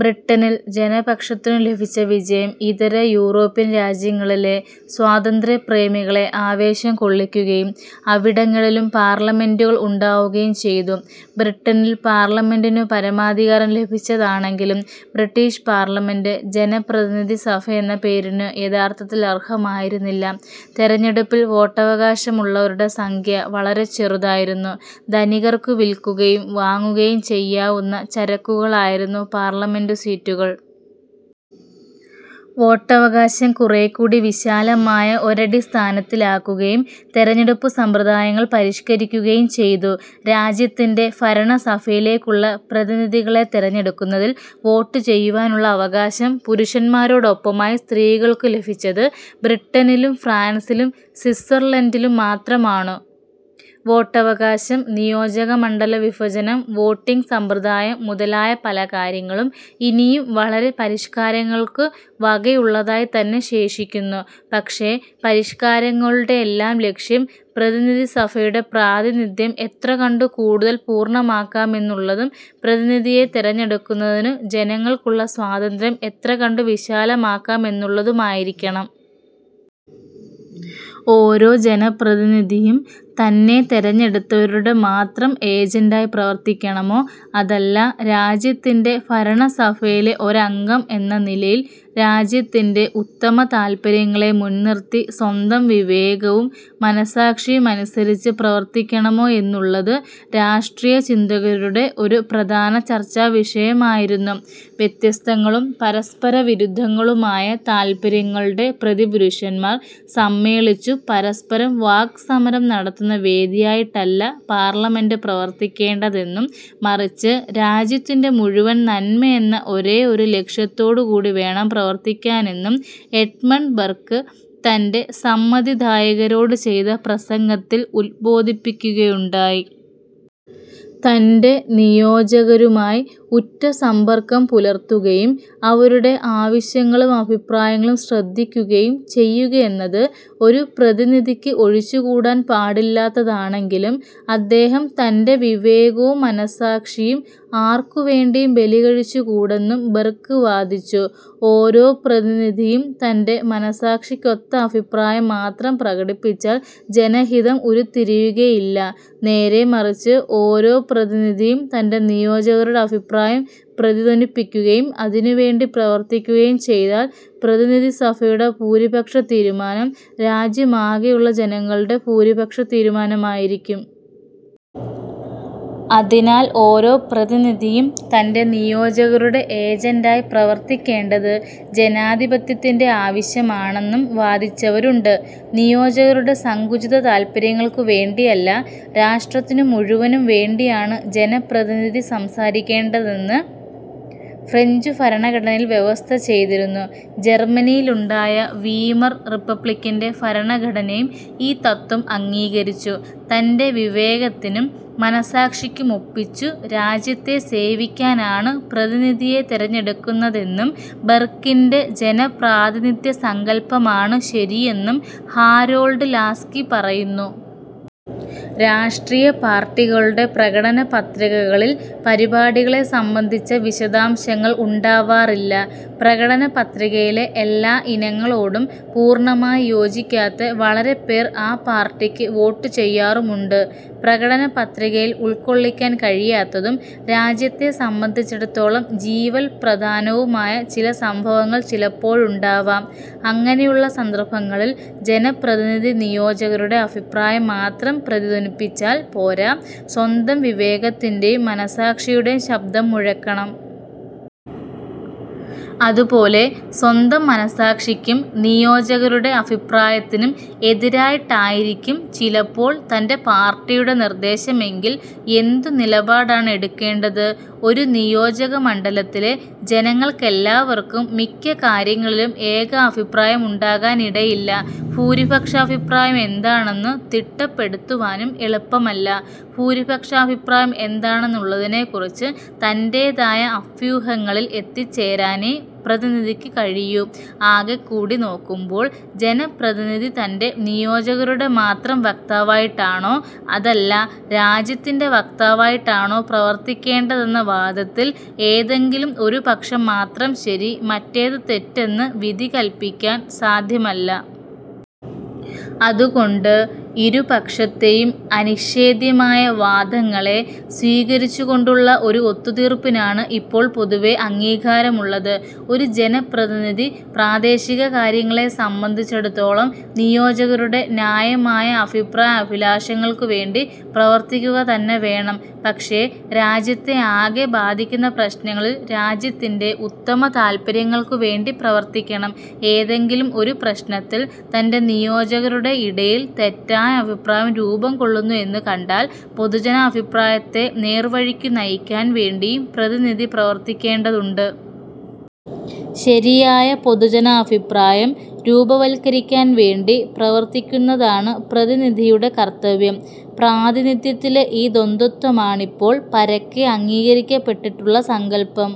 ബ്രിട്ടനിൽ ജനപക്ഷത്തിനു ലഭിച്ച വിജയം ഇതര യൂറോപ്യൻ രാജ്യങ്ങളിലെ സ്വാതന്ത്ര്യപ്രേമികളെ ആവേശംകൊള്ളിക്കുകയും അവിടങ്ങളിലും പാർലമെന്റുകൾ ഉണ്ടാവുകയും ചെയ്തു. ബ്രിട്ടനിൽ പാർലമെന്റിനു പരമാധികാരം ലഭിച്ചതാണെങ്കിലും ബ്രിട്ടീഷ് പാർലമെന്റ് ജനപ്രതിനിധിസഭയെന്ന പേരിനു യഥാർത്ഥത്തിൽ അർഹമായിരുന്നില്ല. തെരഞ്ഞെടുപ്പിൽ വോട്ടവകാശമുള്ളവരുടെ സംഖ്യ വളരെ ചെറുതായിരുന്നു. ധനികർക്കു വിൽക്കുകയും വാങ്ങുകയും ചെയ്യാവുന്ന ചരക്കുകളായിരുന്നു പാർലമെന്റു സീറ്റുകൾ. വോട്ടവകാശം കുറേക്കൂടി വിശാലമായ ഒരടിസ്ഥാനത്തിലാക്കുകയും തെരഞ്ഞെടുപ്പുസമ്പ്രദായങ്ങൾ പരിഷ്കരിക്കുകയും ചെയ്തു. രാജ്യത്തിന്റെ ഭരണസഭയിലേക്കുള്ള പ്രതിനിധികളെ തെരഞ്ഞെടുക്കുന്നതിൽ വോട്ടുചെയ്യുവാനുള്ള അവകാശം പുരുഷന്മാരോടൊപ്പമായി സ്ത്രീകൾക്കു ലഭിച്ചത്, ബ്രിട്ടനിലും, ഫ്രാൻസിലും, സ്വിറ്റ്സർലണ്ടിലും മാത്രമാണു. വോട്ടവകാശം, നിയോജകമണ്ഡലവിഭജനം, വോട്ടിങ്ങ് സമ്പ്രദായം മുതലായ പലകാര്യങ്ങളും ഇനിയും വളരെ പരിഷ്കാരങ്ങൾക്കു വകയുള്ളതായിത്തന്നെ ശേഷിക്കുന്നു. പക്ഷെ, പരിഷ്കാരങ്ങളുടെയെല്ലാം ലക്ഷ്യം പ്രതിനിധിസഭയുടെ പ്രാതിനിധ്യം എത്രകണ്ടു കൂടുതൽ പൂർണ്ണമാക്കാമെന്നുള്ളതും പ്രതിനിധിയെ തെരഞ്ഞെടുക്കുന്നതിനു ജനങ്ങൾക്കുള്ള സ്വാതന്ത്ര്യം എത്രകണ്ടു വിശാലമാക്കാമെന്നുള്ളതുമായിരിക്കണം. ഓരോ ജനപ്രതിനിധിയും, തന്നെ തെരഞ്ഞെടുത്തവരുടെ മാത്രം ഏജന്റായി പ്രവർത്തിക്കണമോ, അതല്ല രാജ്യത്തിന്റെ ഭരണസഭയിലെ ഒരംഗം എന്ന നിലയിൽ രാജ്യത്തിന്റെ ഉത്തമതാല്പര്യങ്ങളെ മുൻ നിർത്തി സ്വന്തം വിവേകവും മനസാക്ഷിയുമനുസരിച്ച് പ്രവർത്തിക്കണമോ എന്നുള്ളത് രാഷ്ട്രീയ ചിന്തകരുടെ ഒരു പ്രധാന ചർച്ചാവിഷയമായിരുന്നു. വ്യത്യസ്തങ്ങളും പരസ്പരവിരുദ്ധങ്ങളുമായ താൽപര്യങ്ങളുടെ പ്രതിപുരുഷന്മാർ സമ്മേളിച്ചു പരസ്പരം വാക് സമരം നടത്തുന്ന വേദിയായിട്ടല്ല പാർലമെന്റ് പ്രവർത്തിക്കേണ്ടതെന്നും മറിച്ച് രാജ്യത്തിന്റെ മുഴുവൻ നന്മയെന്ന ഒരേ ഒരു ലക്ഷ്യത്തോടുകൂടിവേണം പ്രവർത്തിക്കാനെന്നും എഡ്മണ്ട് ബർക്ക് തന്റെ സമ്മതിദായകരോടു ചെയ്ത പ്രസംഗത്തിൽ ഉൽബോധിപ്പിക്കുകയുണ്ടായി. തന്റെ നിയോജകരുമായി ഉറ്റസമ്പർക്കം പുലർത്തുകയും അവരുടെ ആവശ്യങ്ങളും അഭിപ്രായങ്ങളും ശ്രദ്ധിക്കുകയും ചെയ്യുകയെന്നത് ഒരു പ്രതിനിധിക്ക് ഒഴിച്ചുകൂടാൻ പാടില്ലാത്തതാണെങ്കിലും അദ്ദേഹം തന്റെ വിവേകവും മനസാക്ഷിയും ആർക്കുവേണ്ടിയും ബലികഴിച്ചുകൂടെന്നും ബർക്ക് വാദിച്ചു. ഓരോ പ്രതിനിധിയും തന്റെ മനസാക്ഷിക്കൊത്ത അഭിപ്രായം മാത്രം പ്രകടിപ്പിച്ചാൽ ജനഹിതം ഉരുത്തിരിയുകയില്ല; നേരെമറിച്ച് ഓരോ പ്രതിനിധിയും തന്റെ നിയോജകരുടെ അഭിപ്രായം പ്രതിധ്വനിപ്പിക്കുകയും അതിനുവേണ്ടി പ്രവർത്തിക്കുകയും ചെയ്താൽ പ്രതിനിധിസഭയുടെ ഭൂരിപക്ഷതീരുമാനം രാജ്യമാകെയുള്ള ജനങ്ങളുടെ ഭൂരിപക്ഷതീരുമാനമായിരിക്കും. അതിനാൽ ഓരോ പ്രതിനിധിയും തന്റെ നിയോജകരുടെ ഏജന്റായി പ്രവർത്തിക്കേണ്ടത് ജനാധിപത്യത്തിന്റെ ആവശ്യമാണെന്നും വാദിച്ചവരുണ്ട്. നിയോജകരുടെ സങ്കുചിതതാല്പര്യങ്ങൾക്കു വേണ്ടിയല്ല, രാഷ്ട്രത്തിനു മുഴുവനും വേണ്ടിയാണു ജനപ്രതിനിധി സംസാരിക്കേണ്ടതെന്ന് ഫ്രഞ്ചുഭരണഘടനയിൽ വ്യവസ്ഥചെയ്തിരുന്നു. ജർമ്മനിയിലുണ്ടായ വീമർ റിപ്പബ്ലിക്കിന്റെ ഭരണഘടനയും ഈ തത്ത്വം അംഗീകരിച്ചു. തന്റെ വിവേകത്തിനും മനസാക്ഷിക്കുമൊപ്പിച്ചു രാജ്യത്തെ സേവിക്കാനാണു പ്രതിനിധിയെ തെരഞ്ഞെടുക്കുന്നതെന്നും, ബർക്കിന്റെ ജനപ്രാതിനിധ്യസങ്കല്പമാണു ശരിയെന്നും ഹാരോൾഡ് ലാസ്കി പറയുന്നു. രാഷ്ട്രീയ പാർട്ടികളുടെ പ്രകടനപത്രികകളിൽ പരിപാടികളെ സംബന്ധിച്ച വിശദാംശങ്ങൾ ഉണ്ടാവാറില്ല. പ്രകടനപത്രികയിലെ എല്ലാ ഇനങ്ങളോടും പൂർണ്ണമായി യോജിക്കാത്ത വളരെപ്പേർ ആ പാർട്ടിക്ക് വോട്ടു ചെയ്യാറുമുണ്ട്. പ്രകടനപത്രികയിൽ ഉൾക്കൊള്ളിക്കാൻ കഴിയാത്തതും, രാജ്യത്തെ സംബന്ധിച്ചിടത്തോളം ജീവൽ പ്രധാനവുമായ ചില സംഭവങ്ങൾ ചിലപ്പോഴുണ്ടാവാം. അങ്ങനെയുള്ള സന്ദർഭങ്ങളിൽ ജനപ്രതിനിധി നിയോജകരുടെ അഭിപ്രായം മാത്രം പ്രതിധ്വനിപ്പിച്ചാൽ പോരാ, സ്വന്തം വിവേകത്തിന്റേയും മനസാക്ഷിയുടെയും ശബ്ദം മുഴക്കണം. അതുപോലെ സ്വന്തം മനസാക്ഷിക്കും, നിയോജകരുടെ അഭിപ്രായത്തിനും എതിരായിട്ടായിരിക്കും ചിലപ്പോൾ തന്റെ പാർട്ടിയുടെ നിർദ്ദേശമെങ്കിൽ എന്തു നിലപാടാണു എടുക്കേണ്ടത്? ഒരു നിയോജകമണ്ഡലത്തിലെ ജനങ്ങൾക്കെല്ലാവർക്കും മിക്ക കാര്യങ്ങളിലും ഏകാഭിപ്രായമുണ്ടാകാനിടയില്ല. ഭൂരിപക്ഷാഭിപ്രായം എന്താണെന്നു തിട്ടപ്പെടുത്തുവാനും എളുപ്പമല്ല. ഭൂരിപക്ഷാഭിപ്രായം എന്താണെന്നുള്ളതിനെക്കുറിച്ച് തന്റേതായ അഭ്യൂഹങ്ങളിൽ എത്തിച്ചേരാനേ പ്രതിനിധിക്കു കഴിയൂ. ആകെക്കൂടി നോക്കുമ്പോൾ, ജനപ്രതിനിധി തന്റേ നിയോജകരുടെ മാത്രം വക്താവായിട്ടാണോ, അതല്ല രാജ്യത്തിന്റേ വക്താവായിട്ടാണോ പ്രവർത്തിക്കേണ്ടതെന്ന വാദത്തിൽ ഏതെങ്കിലും ഒരുപക്ഷം മാത്രം ശരി, മറ്റേതു തെറ്റ് എന്നു വിധികല്പിക്കാൻ സാദ്ധ്യമല്ല. അതുകൊണ്ട് ഇരുപക്ഷത്തേയും അനിഷേദ്ധ്യമായ വാദങ്ങളെ സ്വീകരിച്ചുകൊണ്ടുള്ള ഒരു ഒത്തുതീർപ്പിനാണു ഇപ്പോൾ പൊതുവേ അംഗീകാരമുള്ളത്. ഒരു ജനപ്രതിനിധി പ്രാദേശികകാര്യങ്ങളെ സംബന്ധിച്ചിടത്തോളം നിയോജകരുടെ ന്യായമായ അഭിപ്രായാഭിലാഷങ്ങൾക്കുവേണ്ടി പ്രവർത്തിക്കുകതന്നെ വേണം; പക്ഷേ രാജ്യത്തെയാകെ ബാധിക്കുന്ന പ്രശ്നങ്ങളിൽ രാജ്യത്തിന്റെ ഉത്തമതാല്പര്യങ്ങൾക്കു വേണ്ടി പ്രവർത്തിക്കണം. ഏതെങ്കിലും ഒരു പ്രശ്നത്തിൽ തന്റെ നിയോജകരുടെയിടയിൽ തെറ്റായ അഭിപ്രായം രൂപംകൊള്ളുന്നു എന്നു കണ്ടാൽ പൊതുജനാഭിപ്രായത്തെ നേർവഴിക്കു നയിക്കാൻ വേണ്ടിയും പ്രതിനിധി പ്രവർത്തിക്കേണ്ടതുണ്ട്. ശരിയായ പൊതുജനാഭിപ്രായം രൂപവൽക്കരിക്കാൻ വേണ്ടി പ്രവർത്തിക്കുന്നതാണു പ്രതിനിധിയുടെ കർത്തവ്യം. പ്രാതിനിധ്യത്തിലെ ഈ ദ്വന്ദ്വത്വമാണിപ്പോൾ പരക്കെ അംഗീകരിക്കപ്പെട്ടിട്ടുള്ള സങ്കല്പം.